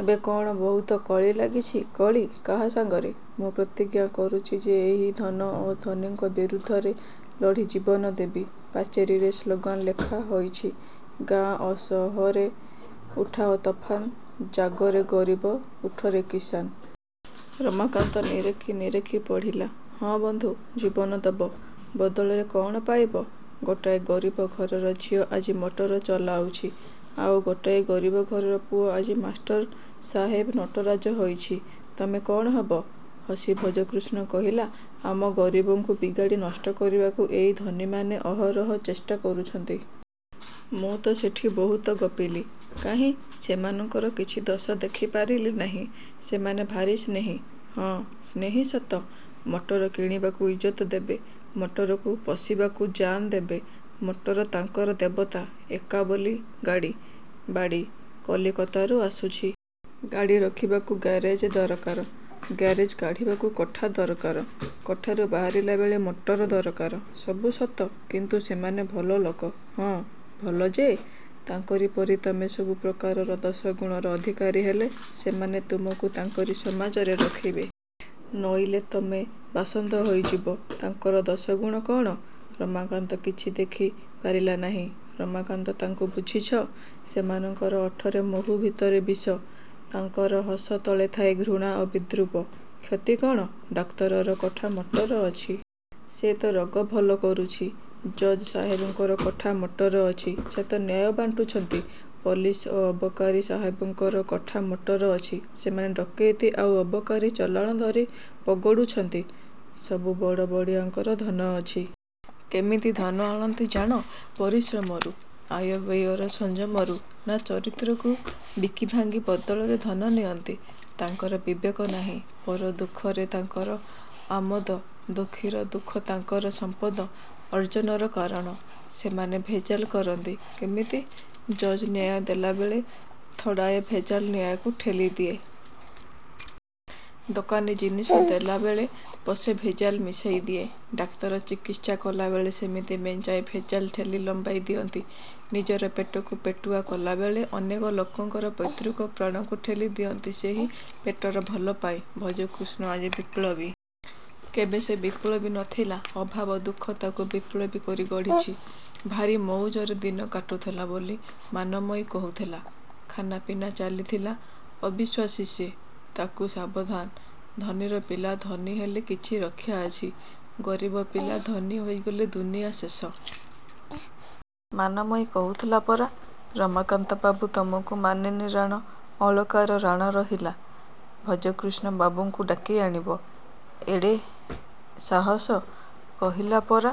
ଏବେ କ'ଣ ବହୁତ କଳି ଲାଗିଛି? -କଳି? କାହା ସାଙ୍ଗରେ? ମୁଁ ପ୍ରତିଜ୍ଞା କରୁଛି ଯେ ଏହି ଧନ ଓ ଧନୀଙ୍କ ବିରୁଦ୍ଧରେ ଲଢ଼ି ଜୀବନ ଦେବି। ପାଚିରୀରେ ସ୍ଳୋଗାନ ଲେଖା ହୋଇଛି। ଗାଁ ଓ ସହରେ ଉଠାଅ ତୋଫାନ। ଜାଗରେ ଗରିବ, ଉଠରେ କିସାନ। ରମାକାନ୍ତ ନିରେଖି ନିରେଖି ପଢ଼ିଲା। ହଁ, ବନ୍ଧୁ ଜୀବନ ଦବ। ବଦଳରେ କ'ଣ ପାଇବ-? ଗୋଟାଏ ଗରିବ ଘରର ଝିଅ ଆଜି ମଟର ଚଳାଉଛି। ଆଉ ଗୋଟାଏ ଗରିବ ଘରର ପୁଅ ଆଜି ମାଷ୍ଟର ସାହେବ ନଟରାଜ ହୋଇଛି, ତମେ କ'ଣ ହେବ? ହସି ଭଜକୃଷ୍ଣ କହିଲା-ଆମ ଗରିବଙ୍କୁ ବିଗାଡ଼ି ନଷ୍ଟ କରିବାକୁ ଏଇ ଧନୀମାନେ ଅହରହ ଚେଷ୍ଟା କରୁଛନ୍ତି। -ମୁଁ ତ ସେଠି ବହୁତ ଗପିଲି। କାହିଁ ସେମାନଙ୍କର କିଛି ଦୋଷ ଦେଖି ପାରିଲି ନାହିଁ। ସେମାନେ ଭାରି ସ୍ନେହୀ। -ହଁ। ସ୍ନେହୀ ସତ। ମଟର କିଣିବାକୁ ଇଜ୍ଜତ ଦେବେ। ମଟରକୁ ପୋଷିବାକୁ ଜାନ୍ ଦେବେ। ମଟର ତାଙ୍କର ଦେବତା। -ଏକା ବୋଲି-ଗାଡ଼ି, ବାଡ଼ି। କଲିକତାରୁ ଆସୁଛି। ଗାଡ଼ି ରଖିବାକୁ ଗାରେଜ ଦରକାର। ଗାରେଜ କାଢ଼ିବାକୁ କୋଠା ଦରକାର। କୋଠାରୁ ବାହାରିଲା ବେଳେ ମଟର ଦରକାର। ସବୁ ସତ କିନ୍ତୁ ସେମାନେ ଭଲ ଲୋକ। -ହଁ, ଭଲ ଯେ। ତାଙ୍କରି ପରି ତମେ ସବୁ ପ୍ରକାରର ଦୋଷଗୁଣର ଅଧିକାରୀ ହେଲେ ସେମାନେ ତୁମକୁ ତାଙ୍କରି ସମାଜରେ ରଖିବେ। ନଇଲେ ତମେ ବାସନ୍ଦ ହେଇଯିବ। -ତାଙ୍କର ଦୋଷଗୁଣ କ'ଣ? -ରମାକାନ୍ତ କିଛି ଦେଖି ପାରିଲା ନାହିଁ। -ରମାକାନ୍ତ, ତାଙ୍କୁ ବୁଝିଛ? ସେମାନଙ୍କର ଓଠରେ ମହୁ ଭିତରେ ବିଷ। ତାଙ୍କର ହସ ତଳେ ଥାଏ ଘୃଣା ଓ ବିଦ୍ରୂପ। -କ୍ଷତି କ'ଣ? ଡାକ୍ତରର କୋଠା ମଟର ଅଛି। ସେ ତ ରୋଗ ଭଲ କରୁଛି। ଜଜ ସାହେବଙ୍କର କୋଠା ମଟର ଅଛି। ସେ ତ ନ୍ୟାୟ ବାଣ୍ଟୁଛନ୍ତି। ପୁଲିସ ଓ ଅବକାରୀ ସାହେବଙ୍କର କୋଠା ମଟର ଅଛି ସେମାନେ ଡକେଇତି ଆଉ ଅବକାରୀ ଚାଲାଣ ଧରି ପଗଡ଼ୁଛନ୍ତି। ସବୁ ବଡ଼ ବଡ଼ିଆଙ୍କର ଧନ ଅଛି। -କେମିତି ଧନ ଆଣନ୍ତି ଜାଣ? -ପରିଶ୍ରମରୁ। ଆୟବ୍ୟୟର ସଂଯମରୁ। -ନା, ଚରିତ୍ରକୁ ବିକିଭାଙ୍ଗି ବଦଳରେ ଧନ ନିଅନ୍ତି। ତାଙ୍କର ବିବେକ ନାହିଁ। ପରର ଦୁଃଖ ତାଙ୍କର ଆମୋଦ-ଦୁଃଖୀର ଦୁଃଖ ତାଙ୍କର ସମ୍ପଦ ଅର୍ଜନର କାରଣ। ସେମାନେ ଭେଜାଲ କରନ୍ତି। -କେମିତି? -ଜଜ୍ ନ୍ୟାୟ ଦେଲାବେଳେ ଥୋଡ଼ାଏ ଭେଜାଲ ନ୍ୟାୟକୁ ଠେଲି ଦିଏ। ଦୋକାନୀ ଜିନିଷ ଦେଲାବେଳେ ପୋଷେ ଭେଜାଲ ମିଶାଇ ଦିଏ। ଡାକ୍ତର ଚିକିତ୍ସା କଲାବେଳେ ସେମିତି ମେଞ୍ଚାଏ ଭେଜାଲ ଠେଲି ଲମ୍ବାଇ ଦିଅନ୍ତି। ନିଜର ପେଟକୁ ପେଟୁଆ କଲାବେଳେ ଅନେକ ଲୋକଙ୍କର ପୈତୃକ ପ୍ରାଣକୁ ଠେଲି ଦିଅନ୍ତି ସେହି ପେଟର ଭଲ ପାଇଁ। -ଭଜକୃଷ୍ଣ ଆଜି ବିପ୍ଳବୀ। -କେବେ ସେ ବିପ୍ଳବୀ ନ ଥିଲା? ଅଭାବ ଦୁଃଖ ତାକୁ ବିପ୍ଳବୀ କରି ଗଢ଼ିଛି। -ଭାରି ମଉଜରେ ଦିନ କାଟୁଥିଲା ବୋଲି ମାନମୟୀ କହୁଥିଲା। ଖାନାପିନା ଚାଲିଥିଲା-। -ଅବିଶ୍ୱାସୀ ସେ। ତା'କୁ ସାବଧାନ। ଧନୀର ପିଲା ଧନୀ ହେଲେ କିଛି ରକ୍ଷା ଅଛି। ଗରିବ ପିଲା ଧନୀ ହେଇଗଲେ ଦୁନିଆ ଶେଷ। -ମାନମୟୀ କହୁଥିଲା ପରା-ରମାକାନ୍ତ ବାବୁ, ତୁମକୁ ମାନିନୀ ରାଣ, ଅଳକାର ରାଣ ରହିଲା-ଭଜକୃଷ୍ଣ ବାବୁଙ୍କୁ ଡାକି ଆଣିବ। -ଏଡ଼େ ସାହସ? -କହିଲା ପରା।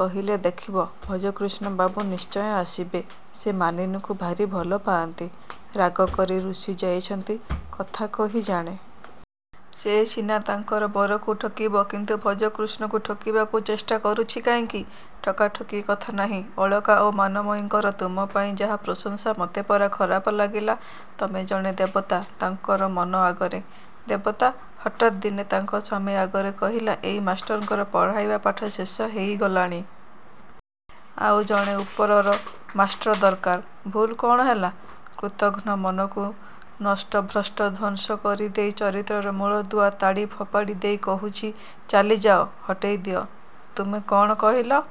କହିଲେ ଦେଖିବ ଭଜକୃଷ୍ଣବାବୁ ନିଶ୍ଚୟ ଆସିବେ। ସେ ମାନିନୀକୁ ଭାରି ଭଲ ପାଆନ୍ତି। ରାଗ କରି ରୁଷି ଯାଇଛନ୍ତି। -କଥା କହି ଜାଣେ। ସେ ସିନା ତାହାର ବରକୁ ଠକିବ, କିନ୍ତୁ ଭଜକୃଷ୍ଣକୁ ଠକିବାକୁ ଚେଷ୍ଟା କରୁଛି କାହିଁକି? -ଠକାଠକି କଥା ନାହିଁ। ଅଳକା ଆଉ ମାନମୟୀଙ୍କର ତୁମ ପାଇଁ ଯାହା ପ୍ରଶଂସା। ମତେ ପରା ଖରାପ ଲାଗିଲା-ତମେ ଜଣେ ଦେବତା ତାଙ୍କର ମନ ଆଗରେ। -ଦେବତା? ହଠାତ୍ ଦିନେ ତାହାର ସ୍ୱାମୀ ଆଗରେ କହିଲା, ଏଇ ମାଷ୍ଟରଙ୍କର ପଢ଼ାଇବା ପାଠ ଶେଷ ହେଇଗଲାଣି। ଆଉ ଜଣେ ଉପରର ମାଷ୍ଟ୍ର ଦରକାର। -ଭୁଲ୍ କ'ଣ ହେଲା? -କୃତଘ୍ନ। ମନକୁ ନଷ୍ଟଭ୍ରଷ୍ଟ ଧ୍ୱଂସ କରି ଦେଇ ଚରିତ୍ରର ମୂଳଦୁଆ ତାଡ଼ି ଫୋପାଡ଼ି ଦେଇ କହୁଛି-ଚାଲିଯାଅ। ହଟେଇ ଦିଅ। -ତୁମେ କ'ଣ କହିଲ?